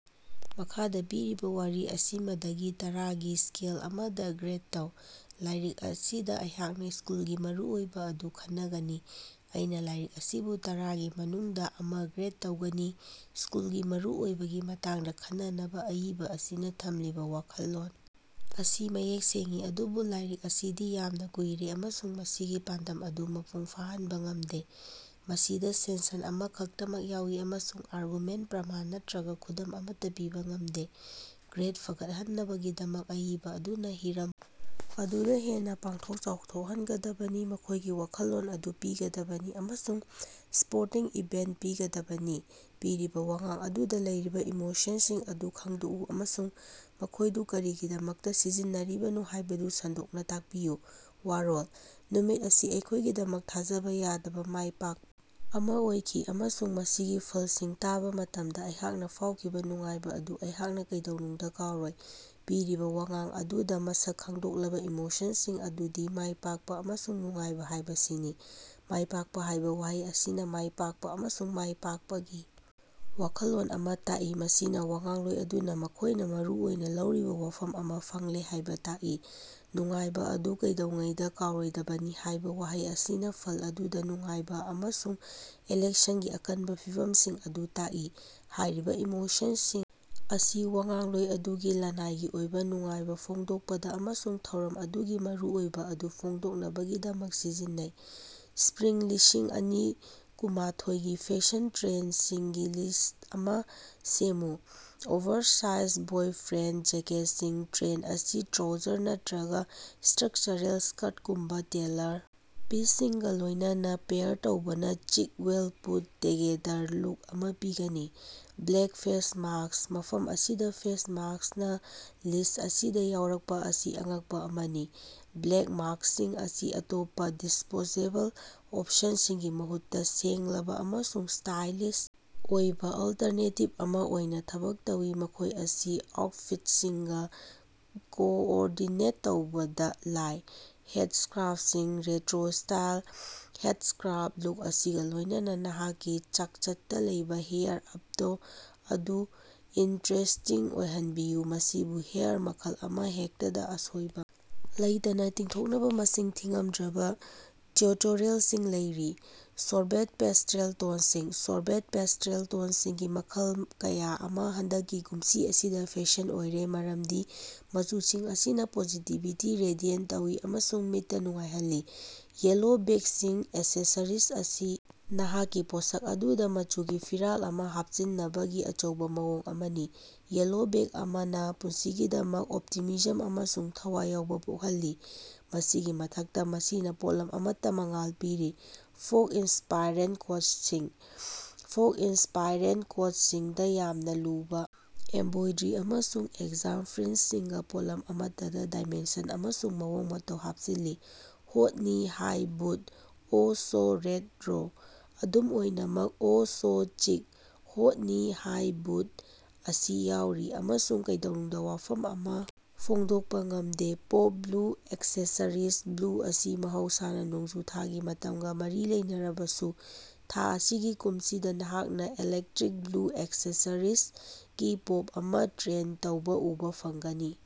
ꯃꯈꯥꯗ ꯄꯤꯔꯤꯕ ꯋꯥꯔꯤ ꯑꯁꯤꯑꯃꯗꯒꯤ ꯇꯔꯥ ꯒꯤ ꯁ꯭ꯀꯦꯜ ꯑꯃꯗ ꯒ꯭ꯔꯦꯗ ꯇꯧ꯫ ꯂꯥꯏꯔꯤꯛ ꯑꯁꯤꯗ ꯑꯩꯍꯥꯛꯅ ꯁ꯭ꯀꯨꯜꯒꯤ ꯃꯔꯨꯑꯣꯏꯕ ꯑꯗꯨ ꯈꯟꯅꯒꯅꯤ꯫ ꯑꯩꯅ ꯂꯥꯏꯔꯤꯛ ꯑꯁꯤꯕꯨ ꯇꯔꯥꯒꯤ ꯃꯅꯨꯡꯗ ꯑꯃ ꯒ꯭ꯔꯦꯗ ꯇꯧꯒꯅꯤ, ꯁ꯭ꯀꯨꯜꯒꯤ ꯃꯔꯨꯑꯣꯏꯕꯒꯤ ꯃꯇꯥꯡꯗ ꯈꯟꯅꯅꯕ ꯑꯏꯕ ꯑꯁꯤꯅ ꯊꯝꯂꯤꯕ ꯋꯥꯈꯜꯂꯣꯟ ꯑꯁꯤ ꯃꯌꯦꯛ ꯁꯦꯡꯏ ꯑꯗꯨꯕꯨ ꯂꯥꯏꯔꯤꯛ ꯑꯁꯤꯗꯤ ꯌꯥꯝꯅ ꯀꯨꯏꯔꯦ ꯑꯃꯁꯨꯡ ꯃꯁꯤꯒꯤ ꯄꯥꯟꯗꯝ ꯑꯗꯨ ꯃꯄꯨꯡ ꯐꯥꯍꯟꯕ ꯉꯝꯗꯦ꯫ ꯃꯁꯤꯗ ꯁꯦꯟꯁꯟ ꯑꯃ ꯈꯛꯇꯃꯛ ꯌꯥꯎꯏ ꯑꯃꯁꯨꯡ ꯑꯥꯔꯒꯨꯃꯦꯟꯠ, ꯄ꯭ꯔꯃꯥꯟ ꯅꯠꯇꯔꯒ ꯈꯨꯗꯝ ꯑꯃꯠꯇ ꯄꯤꯕ ꯉꯝꯗꯦ꯫ ꯒ꯭ꯔꯦꯗ ꯐꯒꯠꯍꯟꯅꯕꯒꯤꯗꯃꯛ, ꯑꯏꯕ ꯑꯗꯨꯅ ꯍꯤꯔꯝ ꯑꯗꯨꯗ ꯍꯦꯟꯅ ꯄꯥꯛꯊꯣꯛ ꯆꯥꯎꯊꯣꯛꯍꯟꯒꯗꯕꯅꯤ, ꯃꯈꯣꯏꯒꯤ ꯋꯥꯈꯜꯂꯣꯟ ꯑꯗꯨ ꯄꯤꯒꯗꯕꯅꯤ ꯑꯃꯁꯨꯡ ꯁꯄꯣꯔꯇꯤꯡ ꯏꯚꯤꯗꯦꯟꯁ ꯄꯤꯒꯗꯕꯅꯤ꯫ ꯄꯤꯔꯤꯕ ꯋꯥꯉꯥꯡ ꯑꯗꯨꯗ ꯂꯩꯔꯤꯕ ꯏꯃꯣꯁꯟꯁꯤꯡ ꯑꯗꯨ ꯈꯪꯗꯣꯛꯎ ꯑꯃꯁꯨꯡ ꯃꯈꯣꯏꯗꯨ ꯀꯔꯤꯒꯤꯗꯃꯛꯇ ꯁꯤꯖꯤꯟꯅꯔꯤꯕꯅꯣ ꯍꯥꯏꯕꯗꯨ ꯁꯟꯗꯣꯛꯅ ꯇꯥꯛꯄꯤꯌꯨ꯫ ꯋꯥꯔꯣꯜ: ꯅꯨꯃꯤꯠ ꯑꯁꯤ ꯑꯩꯈꯣꯏꯒꯤꯗꯃꯛ ꯊꯥꯖꯕ ꯌꯥꯗꯕ ꯃꯥꯏꯄꯥꯛꯄ ꯑꯃ ꯑꯣꯏꯈꯤ, ꯑꯃꯁꯨꯡ ꯃꯁꯤꯒꯤ ꯐꯜꯁꯤꯡ ꯇꯥꯕ ꯃꯇꯝꯗ ꯑꯩꯍꯥꯛꯅ ꯐꯥꯎꯈꯤꯕ ꯅꯨꯡꯉꯥꯏꯕ ꯑꯗꯨ ꯑꯩꯍꯥꯛꯅ ꯀꯩꯗꯧꯅꯨꯡꯗ ꯀꯥꯎꯔꯣꯏ꯫ ꯄꯤꯔꯤꯕ ꯋꯥꯉꯥꯡ ꯑꯗꯨꯗ ꯃꯁꯛ ꯈꯪꯗꯣꯛꯂꯕ ꯏꯃꯣꯁꯟꯁꯤꯡ ꯑꯗꯨꯗꯤ ꯃꯥꯏꯄꯥꯛꯄ ꯑꯃꯁꯨꯡ ꯅꯨꯡꯉꯥꯏꯕ ꯍꯥꯏꯕꯁꯤꯅꯤ꯫ ꯃꯥꯏꯄꯥꯛꯄ ꯍꯥꯏꯕ ꯋꯥꯍꯩ ꯑꯁꯤꯅ ꯃꯥꯏ ꯄꯥꯛꯄ ꯑꯃꯁꯨꯡ ꯃꯥꯏꯄꯥꯛꯄꯒꯤ ꯋꯥꯈꯜꯂꯣꯟ ꯑꯃꯥ ꯇꯥꯛꯏ, ꯃꯁꯤꯅ ꯋꯥꯉꯥꯡꯂꯣꯏ ꯑꯗꯨꯅ ꯃꯈꯣꯏꯅ ꯃꯔꯨ ꯑꯣꯏꯅ ꯂꯧꯔꯤꯕ ꯋꯥꯐꯝ ꯑꯃꯥ ꯐꯪꯂꯦ ꯍꯥꯏꯕ ꯇꯥꯛꯏ꯫ ꯅꯨꯡꯉꯥꯏꯕ ꯑꯗꯨ ꯀꯩꯗꯧꯉꯩꯗ ꯀꯥꯎꯔꯣꯏꯗꯕꯅꯤ ꯍꯥꯏꯕ ꯋꯥꯍꯩ ꯑꯁꯤꯅ ꯐꯜ ꯑꯗꯨꯗ ꯅꯨꯡꯉꯥꯏꯕ ꯑꯃꯁꯨꯡ ꯏꯂꯦꯛꯁꯟꯒꯤ ꯑꯀꯟꯕ ꯐꯤꯚꯝꯁꯤꯡ ꯑꯗꯨ ꯇꯥꯛꯏ꯫ ꯍꯥꯏꯔꯤꯕ ꯏꯃꯣꯁꯟꯁꯤꯡ ꯑꯁꯤ ꯋꯥꯉꯥꯡꯂꯣꯏ ꯑꯗꯨꯒꯤ ꯂꯅꯥꯏꯒꯤ ꯑꯣꯏꯕ ꯅꯨꯡꯉꯥꯏꯕ ꯐꯣꯡꯗꯣꯛꯄꯗ ꯑꯃꯁꯨꯡ ꯊꯧꯔꯝ ꯑꯗꯨꯒꯤ ꯃꯔꯨꯑꯣꯏꯕ ꯑꯗꯨ ꯐꯣꯡꯗꯣꯛꯅꯕꯒꯤꯗꯃꯛ ꯁꯤꯖꯤꯟꯅꯩ꯫ ꯁ꯭ꯄꯔꯤꯡ ꯂꯤꯁꯤꯡ ꯑꯅꯤ ꯀꯨꯃꯥꯊ‌ꯣꯏꯒꯤ ꯐꯦꯁꯟ ꯇ꯭ꯔꯦꯟꯗꯁꯤꯡꯒꯤ ꯂꯤꯁ꯭ꯠ ꯑꯃꯥ ꯁꯦꯝꯃꯨ꯫ ꯑꯣꯚꯔꯁꯥꯏꯖ ꯕꯣꯏꯐ꯭ꯔꯦꯟꯗ ꯖꯦꯀꯦꯠꯁꯤꯡ: ꯇ꯭ꯔꯦꯟꯗ ꯑꯁꯤ ꯇ꯭ꯔꯣꯁꯔ ꯅꯠꯇꯔꯒ ꯁ꯭ꯇꯔꯛꯆꯔꯦꯜ ꯁ꯭ꯀꯥꯔꯠꯒꯨꯝꯕ ꯇꯦꯜꯂꯔ ꯄꯤꯁꯁꯤꯡꯒ ꯂꯣꯏꯅꯅ ꯄꯦꯌꯥꯔ ꯇꯧꯕꯅ ꯆꯤꯛ ꯋꯦꯜ ꯄꯨꯠ-ꯇꯨꯒꯦꯗꯔ ꯂꯨꯛ ꯑꯃꯥ ꯄꯤꯒꯅꯤ꯫ ꯕ꯭ꯂꯦꯛ ꯐꯦꯁ ꯃꯥꯁ꯭ꯛ: ꯃꯐꯝ ꯑꯁꯤꯗ ꯐꯦꯁ ꯃꯥꯁ꯭ꯛꯅ ꯂꯤꯁ꯭ꯠ ꯑꯁꯤꯗ ꯌꯥꯎꯔꯛꯄ ꯑꯁꯤ ꯑꯉꯛꯄ ꯑꯃꯅꯤ꯫ ꯕ꯭ꯂꯦꯛ ꯃꯥꯁ꯭ꯛꯁꯤꯡ ꯑꯁꯤ ꯑꯇꯣꯞꯄ ꯗꯤꯁꯄꯣꯖꯦꯕꯜ ꯑꯣꯞꯁꯟꯁꯤꯡꯒꯤ ꯃꯍꯨꯠꯇ ꯁꯦꯡꯂꯕ ꯑꯃꯁꯨꯡ ꯁ꯭ꯇꯥꯏꯂꯤꯁ ꯑꯣꯏꯕ ꯑꯜꯇꯔꯅꯦꯇꯤꯕ ꯑꯃꯥ ꯑꯣꯏꯅ ꯊꯕꯛ ꯇꯧꯏ ꯃꯈꯣꯏ ꯑꯁꯤ ꯑꯥꯎꯠꯐꯤꯠꯁꯤꯡꯒ ꯀꯣꯑꯣꯔꯗꯤꯅꯦꯠ ꯇꯧꯕꯗ ꯂꯥꯏ꯫ ꯍꯦꯗ ꯁ꯭ꯀꯥꯔꯐꯁꯤꯡ: ꯔꯦꯇꯔꯣ ꯁꯤꯜꯛ ꯍꯦꯗꯁ꯭ꯀꯥꯔꯐ ꯂꯨꯛ ꯑꯁꯤꯒ ꯂꯣꯏꯅꯅꯥ ꯅꯍꯥꯛꯀꯤ ꯆꯥꯡꯆꯠꯇ ꯂꯩꯕ ꯍꯦꯌꯥꯔ ꯑꯞꯗꯣ ꯑꯗꯨ ꯏꯟꯇꯔꯦꯁ꯭ꯇꯤꯡ ꯑꯣꯏꯍꯟꯕꯤꯌꯨ꯫ ꯃꯁꯤꯕꯨ ꯍꯦꯌꯥꯔ ꯃꯈꯜ ꯑꯃꯍꯦꯛꯇꯗ ꯑꯁꯣꯏꯕ ꯂꯩꯇꯅ ꯇꯤꯡꯊꯣꯛꯅꯕ ꯃꯁꯤꯡ ꯊꯤꯉꯝꯗ꯭ꯔꯕ ꯇꯤꯎꯇꯣꯔꯤꯌꯥꯜꯁꯤꯡ ꯂꯩꯔꯤ꯫ ꯁꯣꯔꯕꯦꯠ ꯄꯦꯁ꯭ꯇꯦꯜ ꯇꯣꯟꯁꯤꯡ: ꯁꯣꯔꯕꯦꯠ ꯄꯦꯁ꯭ꯇꯦꯜ ꯇꯣꯟꯁꯤꯡꯒꯤ ꯃꯈꯜ ꯀꯌꯥ ꯑꯃꯥ ꯍꯟꯗꯛꯀꯤ ꯀꯨꯝꯁꯤ ꯑꯁꯤꯗ ꯐꯦꯁꯟ ꯑꯣꯏꯔꯦ ꯃꯔꯝꯗꯤ ꯃꯆꯨꯁꯤꯡ ꯑꯁꯤꯅ ꯄꯣꯖꯤꯇꯤꯕꯤꯇꯤ ꯔꯦꯗꯤꯌꯦꯠ ꯇꯧꯏ ꯑꯃꯁꯨꯡ ꯃꯤꯠꯇ ꯅꯨꯡꯉꯥꯏꯍꯜꯂꯤ꯫ ꯌꯦꯜꯂꯣ ꯕꯦꯒꯁꯤꯡ: ꯑꯦꯛꯁꯦꯁꯔꯤꯖ ꯑꯁꯤ ꯅꯍꯥꯛꯀꯤ ꯄꯣꯠꯁꯛ ꯑꯗꯨꯗ ꯃꯆꯨꯒꯤ ꯐꯤꯔꯥꯜ ꯑꯃꯥ ꯍꯥꯞꯆꯤꯟꯅꯕꯒꯤ ꯑꯆꯧꯕ ꯃꯑꯣꯡ ꯑꯃꯅꯤ꯫ ꯌꯦꯜꯂꯣ ꯕꯦꯒ ꯑꯃꯅ ꯄꯨꯟꯁꯤꯒꯤꯗꯃꯛ ꯑꯣꯞꯇꯤꯃꯤꯖꯝ ꯑꯃꯁꯨꯡ ꯊꯋꯥꯏ ꯌꯥꯎꯕ ꯄꯣꯛꯍꯜꯂꯤ, ꯃꯁꯤꯒꯤ ꯃꯊꯛꯇ, ꯃꯁꯤꯅ ꯄꯣꯠꯂꯝ ꯑꯃꯠꯇ ꯃꯉꯥꯜ ꯄꯤꯔꯤ꯫ ꯐꯣꯛ ꯏꯟꯁꯄꯥꯏꯔꯦꯠ ꯀꯣꯠꯁꯤꯡ: ꯐꯣꯛ-ꯏꯟꯁꯄꯥꯏꯔꯦꯠ ꯀꯣꯠꯁꯤꯡꯗ ꯌꯥꯝꯅ ꯂꯨꯕ ꯑꯦꯝꯕ꯭ꯔꯣꯏꯗ꯭ꯔꯤ ꯑꯃꯁꯨꯡ ꯑꯦꯒꯖꯥꯝ ꯐ꯭ꯔꯤꯟꯖꯁꯤꯡꯅ ꯄꯣꯠꯂꯝ ꯑꯃꯠꯇꯗ ꯗꯥꯏꯃꯦꯟꯁꯟ ꯑꯃꯁꯨꯡ ꯃꯑꯣꯡ ꯃꯇꯧ ꯍꯥꯞꯆꯤꯜꯂꯤ꯫ ꯍꯣꯠ ꯅꯤ ꯍꯥꯏ ꯕꯨꯠ: ꯑꯣꯍ ꯁꯣ ꯔꯦꯠꯔꯣ, ꯑꯗꯨꯝ ꯑꯣꯏꯅꯃꯛ ꯑꯣꯍ ꯁꯣ ꯆꯤꯛ, ꯍꯣꯠ ꯅꯤ ꯍꯥꯏ ꯕꯨꯠ ꯑꯁꯤ ꯌꯥꯎꯔꯤ ꯑꯃꯁꯨꯡ ꯀꯩꯗꯧꯅꯨꯡꯗ ꯋꯥꯐꯝ ꯑꯃ ꯐꯣꯡꯗꯣꯛꯄ ꯉꯝꯗꯦ꯫ ꯄꯣꯞ ꯕ꯭ꯂꯨ ꯑꯦꯛꯁꯦꯁꯔꯤꯖ: ꯕ꯭ꯂꯨ ꯑꯁꯤ ꯃꯍꯧꯁꯥꯅ ꯅꯣꯡꯖꯨ ꯊꯥꯒꯤ ꯃꯇꯝꯒ ꯃꯔꯤ ꯂꯩꯅꯔꯕꯁꯨ, ꯊꯥ ꯑꯁꯤꯒꯤ ꯀꯨꯝꯁꯤꯗ, ꯅꯍꯥꯛꯅ ꯏꯂꯦꯛꯇ꯭ꯔꯤꯛ ꯕ꯭ꯂꯨ ꯑꯦꯛꯁꯦꯁꯔꯤꯖꯒꯤ ꯄꯣꯞ ꯑꯃꯥ ꯇ꯭ꯔꯦꯟꯗ ꯇꯧꯕ ꯎꯕ ꯐꯪꯒꯅꯤ꯫